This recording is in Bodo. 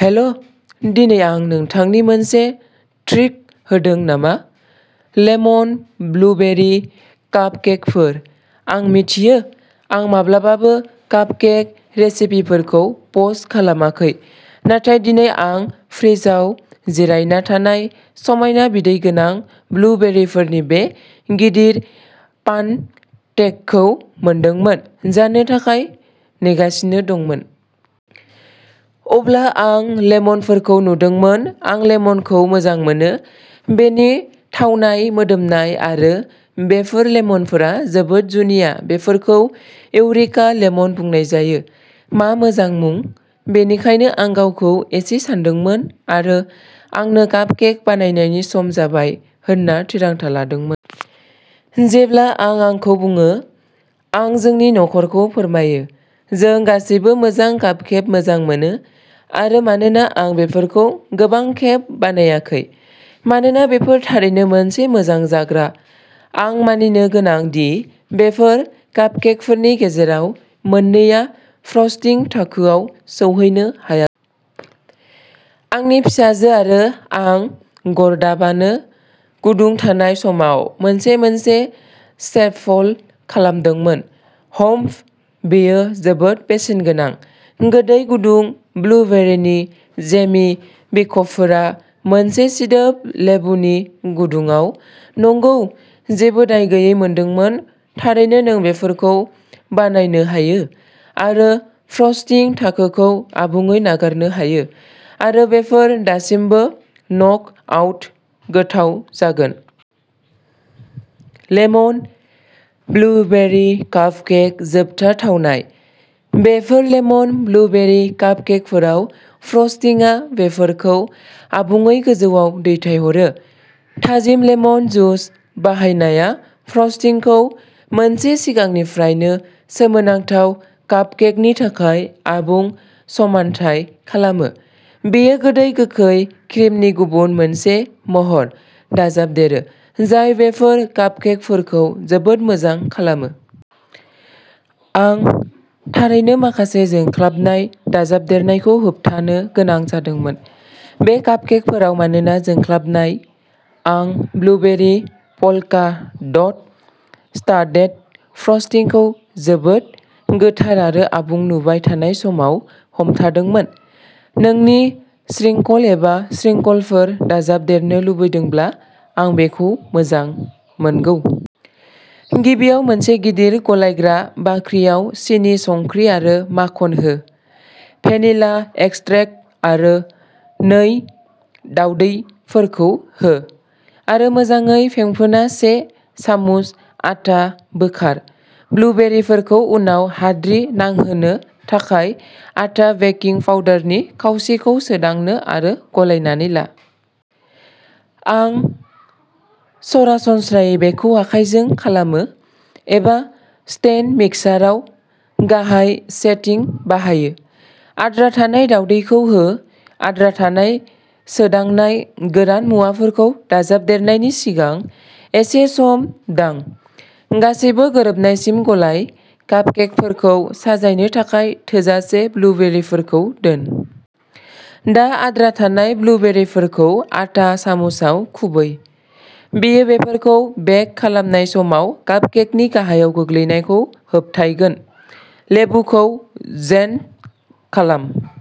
हेलो, दिनै आं नोंथांनो मोनसे ट्रिट होदों नामा। लेमन ब्लुबेरि कापकेकफोर। आं मिथियो, आं माब्लाबाबो कापकेक रेसिपिफोरखौ पस्ट खालामाखै, नाथाय दिनै, आं फ्रिजआव जिरायना थानाय समायना, बिदै गोनां, ब्लुबेरिफोरनि बे गिदिर पाननेटखौ मोनदोंमोन, जानो थाखाय नेगासिनो दंमोन। अब्ला आं लेमनफोरखौ नुदोंमोन। आं लेमनखौ मोजां मोनो, बेनि थावनाय, मोदोमनाय आरो बेफोर लेमनफोरा जोबोद जुनिया बेफोरखौ इउरेका लेमन बुंनाय जायो। मा मोजां मुं। बेनिखायनो आं गावखौ एसे सानदोंमोन आरो आंनो कापकेक बानायनायनि सम जाबाय होनना थिरांथा लादोंमोन। जेब्ला आं आंखौ बुङो। आं जोंनि नखरखौ फोरमायो। जों गासैबो मोजां कापकेक मोजां मोनो आरो मानोना आं बेफोरखौ गोबां खेब बानायाखै मानोना बेफोर थारैनो मोनसे मोजां जाग्रा। आं मानिनो गोनां दि, बेफोर कापकेकफोरनि गेजेराव मोननैया फ्रस्टिं थाखोआव सौहैनो हाया। आंनि फिसाजो आरो आं गरदाबानो गुदुं थानाय समाव मोनसे मोनसे स्नेफल खालामदोंमोन। हम्म। बेयो जोबोद बेसेनगोनां। गोदै, गुदुं ब्लुबेरिनि जेमि बिखबफोरा मोनसे सिदोब लेबुनि गुदुङाव, नंगौ जेबो दाय गैयै मोनदोंमोन। थारैनो नों बेफोरखौ बानायनो हायो आरो फ्रस्टिं थाखोखौ आबुङै नागारनो हायो आरो बेफोर दासिमबो नकआउट गोथाव जागोन! लेमन ब्लुबेरि कापकेक जोबथा थावनाय। बेफोर लेमन ब्लुबेरि कापकेकफोराव फ्रस्टिंआ बेफोरखौ आबुङै गोजौआव दैथायहरो। थाजिम लेमन जुस बाहायनाया फ्रस्टिंखौ मोनसे सिगांनिफ्रायनो सोमोनांथाव कापकेकनि थाखाय आबुं समानथाय खालामो। बेयो गोदै गोखै क्रिमनि गुबुन मोनसे महर दाजाबदेरो जाय बेफोर कापकेकफोरखौ जोबोद मोजां खालामो। आं थारैनो माखासे जोंख्लाबनाय दाजाबदेरनायखौ होबथानो गोनां जादोंमोन। बे कापकेकफोराव मानोना जोंख्लाबनाय? आं ब्लुबेरि, पल्का डट स्टाडेड फ्रस्टिंखौ जोबोद गोथार आरो आबुं नुबाय थानाय समाव हमथादोंमोन। नों स्प्रिंकल एबा स्प्रिंकलफोर दाजाबदेरनो लुबैदोंब्ला, आं बेखौ मोजां मोनगौ। गिबियाव मोनसे गिदिर गलायग्रा बाख्रियाव सिनि, संख्रि आरो माखन हो। भेनिला एक्सट्रैक्ट आरो नै दावदैफोरखौ हो आरो मोजाङै फेंफोना से सामुस आटा बोखार, ब्लुबेरिफोरखौ उनाव हाद्रि नांहोनो थाखाय। आटा बेकिं पाउडारनि खावसेखौ सोदांनो आरो गलायनानै ला। आं सरासनस्रायै बेखौ आखायजों खालामो, एबा स्टेन्ड मिक्साराव गाहाय सेटिं बाहायो। आद्रा थानाय दावदैखौ हो। आद्रा थानाय सोदांनाय, गोरान मुवाफोरखौ दाजाबदेरनायनि सिगां एसे सम दां। गासैबो गोरोबनायसिम गलाय। कापकेकफोरखौ साजायनो थाखाय थोजासे ब्लुबेरिफोरखौ दोन। दा आद्रा थानाय ब्लुबेरिफोरखौ आटा सामुसआव खुबै। बेयो बेफोरखौ बेक खालामनाय समाव कापकेकनि गाहायाव गोग्लैनायखौ होबथायगोन। लेबुखौ जेस्ट खालाम।